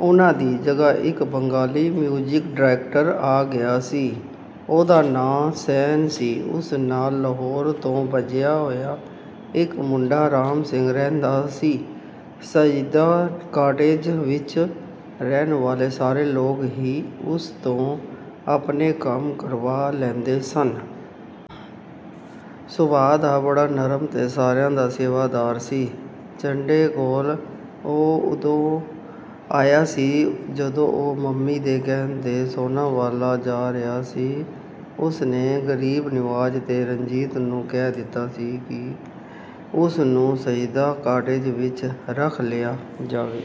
ਉਹਨਾਂ ਦੀ ਜਗ੍ਹਾ ਇਕ ਬੰਗਾਲੀ ਮਿਊਜ਼ਿਕ ਡਾਇਰੈਕਟਰ ਆ ਗਿਆ ਸੀ। ਉਸਦਾ ਨਾਂਅ ਸੈਨ ਸੀ। ਉਸ ਨਾਲ ਲਾਹੌਰ ਤੋਂ ਭੱਜਿਆ ਹੋਇਆ ਇਕ ਮੁੰਡਾ ਰਾਮ ਸਿੰਘ ਰਹਿੰਦਾ ਸੀ। ਸਈਦਾ ਕਾਟੇਜ ਵਿਚ ਰਹਿਣ ਵਾਲੇ ਸਾਰੇ ਲੋਕ ਹੀ ਉਸ ਤੋਂ ਆਪਣੇ ਕੰਮ ਕਰਵਾ ਲੈਂਦੇ ਸਨ। ਸੁਭਾਅ ਦਾ ਬੜਾ ਨਰਮ ਤੇ ਸਾਰਿਆਂ ਦਾ ਸੇਵਾਦਾਰ ਸੀ। ਚੱਡੇ ਕੋਲ ਉਹ ਉਦੋਂ ਆਇਆ ਸੀ ਜਦੋਂ ਉਹ ਮੰਮੀ ਦੇ ਕਹਿਣ 'ਤੇ ਸੋਨਾਵਾਲਾ ਜਾ ਰਿਹਾ ਸੀ। ਉਸਨੇ ਗਰੀਬ ਨਿਵਾਜ਼ ਤੇ ਰਣਜੀਤ ਨੂੰ ਕਹਿ ਦਿੱਤਾ ਸੀ ਕਿ ਉਸਨੂੰ ਸਈਦਾ ਕਾਟੇਜ ਵਿਚ ਰੱਖ ਲਿਆ ਜਾਵੇ।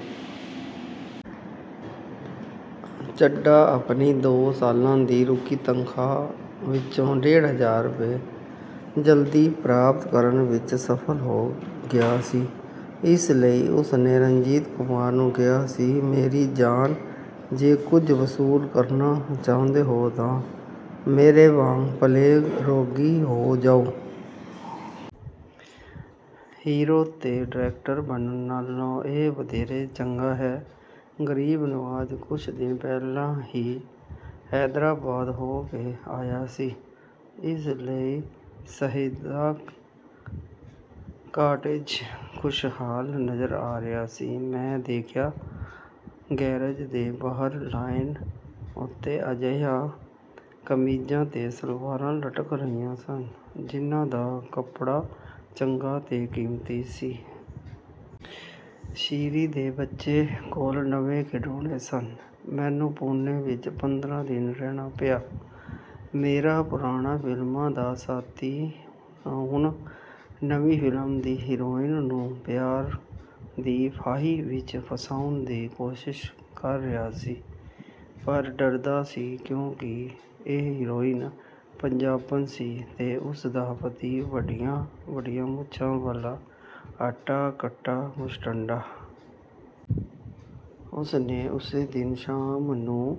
ਚੱਡਾ ਆਪਣੀ ਦੋ ਸਾਲਾਂ ਦੀ ਰੁਕੀ ਤਨਖ਼ਾਹ ਵਿਚੋਂ ਡੇਢ ਹਜ਼ਾਰ ਰੁਪਏ ਜਲਦੀ ਪ੍ਰਾਪਤ ਕਰਨ ਵਿਚ ਸਫਲ ਹੋ ਗਿਆ ਸੀ, ਇਸ ਲਈ ਉਸਨੇ ਰਣਜੀਤ ਕੁਮਾਰ ਨੂੰ ਕਿਹਾ ਸੀ, "ਮੇਰੀ ਜਾਨ, ਜੇ ਕੁਝ ਵਸੂਲ ਕਰਨਾ ਚਾਹੁੰਦੇ ਹੋ ਤਾਂ ਮੇਰੇ ਵਾਂਗ 'ਪਲੇਗ-ਰੋਗੀ' ਹੋ ਜਾਓ। ਹੀਰੋ ਤੇ ਡਾਇਰੈਕਟਰ ਬਣਨ ਨਾਲੋਂ, ਇਹ ਵਧੇਰੇ ਚੰਗਾ ਏ। " ਗਰੀਬ ਨਿਵਾਜ ਕੁਝ ਦਿਨ ਪਹਿਲਾਂ ਹੀ ਹੈਦਰਾਬਾਦ ਹੋ ਕੇ ਆਇਆ ਸੀ, ਇਸ ਲਈ ਸਈਦਾ ਕਾਟੇਜ ਖੁਸ਼ਹਾਲ ਨਜ਼ਰ ਆ ਰਿਹਾ ਸੀ। ਮੈਂ ਦੇਖਿਆ, ਗੈਰੇਜ ਦੇ ਬਾਹਰ ਲਾਅਨ ਉੱਤੇ ਅਜਿਹੀਆਂ ਕਮੀਜ਼ਾਂ ਤੇ ਸਲਵਾਰਾਂ ਲਟਕ ਰਹੀਆਂ ਸਨ, ਜਿਹਨਾਂ ਦਾ ਕੱਪੜਾ ਚੰਗਾ ਤੇ ਕੀਮਤੀ ਸੀ। ਸ਼ੀਰੀਂ ਦੇ ਬੱਚੇ ਕੋਲ ਨਵੇਂ ਖਿਡੌਣੇ ਸਨ। ਮੈਨੂੰ ਪੂਨੇ ਵਿਚ ਪੰਦਰਾਂ ਦਿਨ ਰਹਿਣਾ ਪਿਆ। ਮੇਰਾ ਪੁਰਾਣਾ ਫਿਲਮਾਂ ਦਾ ਸਾਥੀ ਹੁਣ ਨਵੀਂ ਫ਼ਿਲਮ ਦੀ ਹੀਰੋਇਨ ਨੂੰ ਪਿਆਰ ਦੀ ਫਾਹੀ ਵਿਚ ਫਸਾਉਣ ਦੀ ਕੋਸ਼ਿਸ਼ ਕਰ ਰਿਹਾ ਸੀ, ਪਰ ਡਰਦਾ ਸੀ, ਕਿਉਂਕਿ ਇਹ ਹੀਰੋਇਨ ਪੰਜਾਬਣ ਸੀ ਤੇ ਉਸਦਾ ਪਤੀ ਵੱਡੀਆਂ-ਵੱਡੀਆਂ ਮੁੱਛਾਂ ਵਾਲਾ ਹੱਟਾ-ਕੱਟਾ ਮੁਸ਼ਟੰਡਾ। ਉਸਨੇ ਉਸੇ ਦਿਨ ਸ਼ਾਮ ਨੂੰ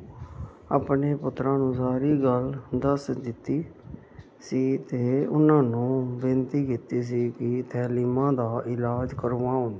ਆਪਣੇ ਪੁੱਤਰਾਂ ਨੂੰ ਸਾਰੀ ਗੱਲ ਦੱਸ ਦਿੱਤੀ ਸੀ ਤੇ ਉਹਨਾਂ ਨੂੰ ਬੇਨਤੀ ਕੀਤੀ ਸੀ ਕਿ ਥੈਲਿਮਾ ਦਾ ਇਲਾਜ਼ ਕਰਵਾਉਣ।